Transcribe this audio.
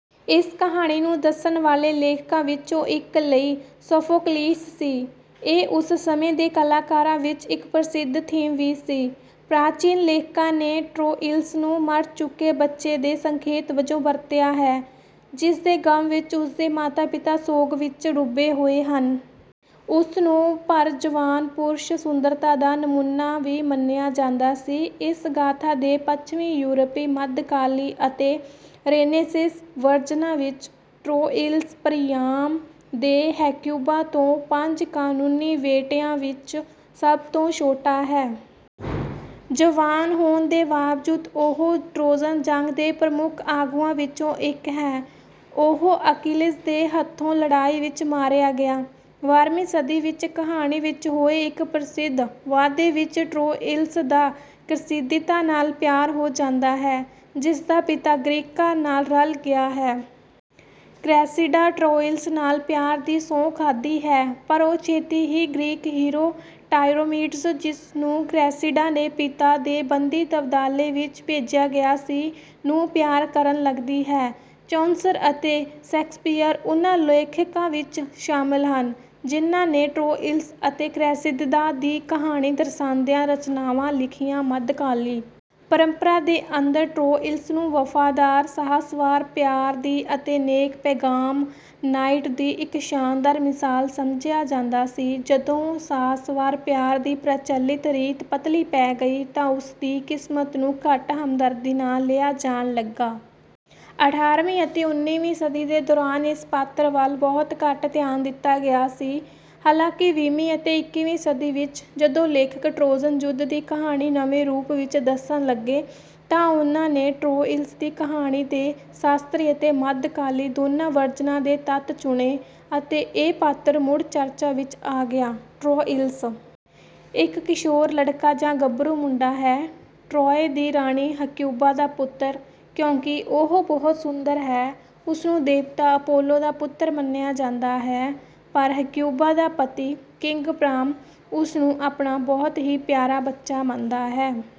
ਇਸ ਕਹਾਣੀ ਨੂੰ ਦੱਸਣ ਵਾਲੇ ਲੇਖਕਾਂ ਵਿੱਚੋਂ ਇੱਕ ਲਈ ਸੋਫ਼ੋਕਲੀਸ ਸੀ। ਇਹ ਉਸ ਸਮੇਂ ਦੇ ਕਲਾਕਾਰਾਂ ਵਿਚ ਇਕ ਪ੍ਰਸਿੱਧ ਥੀਮ ਵੀ ਸੀ। ਪ੍ਰਾਚੀਨ ਲੇਖਕਾਂ ਨੇ ਟਰੋਇਲਸ ਨੂੰ ਮਰ ਚੁੱਕੇ ਬੱਚੇ ਦੇ ਸੰਕੇਤ ਵਜੋਂ ਵਰਤਿਆ ਹੈ, ਜਿਸਦੇ ਗਮ ਵਿੱਚ ਉਸਦੇ ਮਾਤਾ-ਪਿਤਾ ਸੋਗ ਵਿਚ ਡੁੱਬੇ ਹੋਏ ਹਨ। ਉਸ ਨੂੰ ਭਰ ਜਵਾਨ ਪੁਰਸ਼ ਸੁੰਦਰਤਾ ਦਾ ਨਮੂਨਾ ਵੀ ਮੰਨਿਆ ਜਾਂਦਾ ਸੀ। ਇਸ ਗਾਥਾ ਦੇ ਪੱਛਮੀ ਯੂਰਪੀ ਮੱਧਕਾਲੀ ਅਤੇ ਰੇਨੇਸੈਂਸ ਵਰਜਨਾਂ ਵਿੱਚ, ਟਰੋਇਲਸ ਪਰਿਆਮ ਦੇ ਹੇਕਿਊਬਾ ਤੋਂ ਪੰਜ ਕਾਨੂੰਨੀ ਬੇਟਿਆਂ ਵਿੱਚ ਸਭ ਤੋਂ ਛੋਟਾ ਹੈ। ਜਵਾਨ ਹੋਣ ਦੇ ਬਾਵਜੂਦ ਉਹ ਟਰੋਜਨ ਜੰਗ ਦੇ ਪ੍ਰਮੁੱਖ ਆਗੂਆਂ ਵਿੱਚੋਂ ਇੱਕ ਹੈ। ਉਹ ਅਕੀਲਜ਼ ਦੇ ਹੱਥੋਂ ਲੜਾਈ ਵਿਚ ਮਾਰਿਆ ਗਿਆ। ਬਾਰ੍ਹਵੀਂ ਸਦੀ ਵਿੱਚ ਕਹਾਣੀ ਵਿੱਚ ਹੋਏ ਇੱਕ ਪ੍ਰਸਿੱਧ ਵਾਧੇ ਵਿੱਚ, ਟਰੋਇਲਸ ਦਾ ਕ੍ਰੇਸੀਦਾ ਨਾਲ ਪਿਆਰ ਹੋ ਜਾਂਦਾ ਹੈ, ਜਿਸਦਾ ਪਿਤਾ ਗ੍ਰੀਕਾਂ ਨਾਲ ਰਲ਼ ਗਿਆ ਹੈ। ਕ੍ਰੇਸਿਡਾ ਟਰੋਇਲਸ ਨਾਲ ਪਿਆਰ ਦੀ ਸਹੁੰ ਖਾਂਦੀ ਹੈ, ਪਰ ਉਹ ਛੇਤੀ ਹੀ ਗ੍ਰੀਕ ਹੀਰੋ ਡਾਇਓਮੀਡਜ਼, ਜਿਸ ਨੂੰ ਕ੍ਰੇਸਿਡਾ ਦੇ ਪਿਤਾ ਦੇ ਬੰਦੀ ਤਬਾਦਲੇ ਵਿੱਚ ਭੇਜਿਆ ਗਿਆ ਸੀ, ਨੂੰ ਪਿਆਰ ਕਰਨ ਲੱਗਦੀ ਹੈ। ਚੌਸਰ ਅਤੇ ਸ਼ੇਕਸਪੀਅਰ ਉਨ੍ਹਾਂ ਲੇਖਕਾਂ ਵਿਚ ਸ਼ਾਮਲ ਹਨ, ਜਿਨ੍ਹਾਂ ਨੇ ਟਰੋਇਲਸ ਅਤੇ ਕ੍ਰੇਸੀਦਾ ਦੀ ਕਹਾਣੀ ਦੱਸਦੀਆਂ ਰਚਨਾਵਾਂ ਲਿਖੀਆਂ। ਮੱਧਕਾਲੀ ਪਰੰਪਰਾ ਦੇ ਅੰਦਰ, ਟਰੋਇਲਸ ਨੂੰ ਵਫ਼ਾਦਾਰ ਸ਼ਾਹਸਵਾਰ ਪਿਆਰ ਦੀ ਅਤੇ ਨੇਕ-ਪੈਗਾਨ ਨਾਇਟ ਦੀ ਇੱਕ ਸ਼ਾਨਦਾਰ ਮਿਸਾਲ ਸਮਝਿਆ ਜਾਂਦਾ ਸੀ। ਜਦੋਂ ਸ਼ਾਹਸਵਾਰ ਪਿਆਰ ਦੀ ਪ੍ਰਚਲਿਤ ਰੀਤ ਪਤਲੀ ਪੈ ਗਈ ਤਾਂ ਉਸ ਦੀ ਕਿਸਮਤ ਨੂੰ ਘੱਟ ਹਮਦਰਦੀ ਨਾਲ ਲਿਆ ਜਾਣ ਲੱਗਾ। ਅਠਾਰ੍ਹਵੀਂ ਅਤੇ ਉੱਨੀਵੀਂ ਸਦੀ ਦੇ ਦੌਰਾਨ ਇਸ ਪਾਤਰ ਵੱਲ ਬਹੁਤ ਘੱਟ ਧਿਆਨ ਦਿੱਤਾ ਗਿਆ ਸੀ। ਹਾਲਾਂਕਿ, ਵੀਹਵੀਂ ਅਤੇ ਇੱਕੀਵੀਂ ਸਦੀ ਵਿੱਚ, ਜਦੋਂ ਲੇਖਕ ਟਰੋਜਨ ਯੁੱਧ ਦੀ ਕਹਾਣੀ ਨਵੇਂ ਰੂਪ ਵਿੱਚ ਦੱਸਣ ਲੱਗੇ, ਤਾਂ ਉਨ੍ਹਾਂ ਨੇ ਟਰੋਇਲਸ ਦੀ ਕਹਾਣੀ ਦੇ ਸ਼ਾਸਤਰੀ ਅਤੇ ਮੱਧਕਾਲੀ ਦੋਨਾਂ ਵਰਜਨਾਂ ਦੇ ਤੱਤ ਚੁਣੇ ਅਤੇ ਇਹ ਪਾਤਰ ਮੁੜ ਚਰਚਾ ਵਿੱਚ ਆ ਗਿਆ। ਟਰੋਇਲਸ ਇੱਕ ਕਿਸ਼ੋਰ ਲੜਕਾ ਜਾਂ ਗਭਰੂ ਮੁੰਡਾ ਹੈ, ਟਰੌਏ ਦੀ ਰਾਣੀ ਹਕਿਊਬਾ ਦਾ ਪੁੱਤਰ। ਕਿਉਂਕਿ ਉਹ ਬਹੁਤ ਸੁੰਦਰ ਹੈ, ਉਸਨੂੰ ਦੇਵਤਾ ਅਪੋਲੋ ਦਾ ਪੁੱਤਰ ਮੰਨਿਆ ਜਾਂਦਾ ਹੈ। ਪਰ, ਹਕਿਊਬਾ ਦਾ ਪਤੀ, ਕਿੰਗ ਪ੍ਰਾਮ, ਉਸ ਨੂੰ ਆਪਣਾ ਬਹੁਤ ਹੀ ਪਿਆਰਾ ਬੱਚਾ ਮੰਨਦਾ ਹੈ।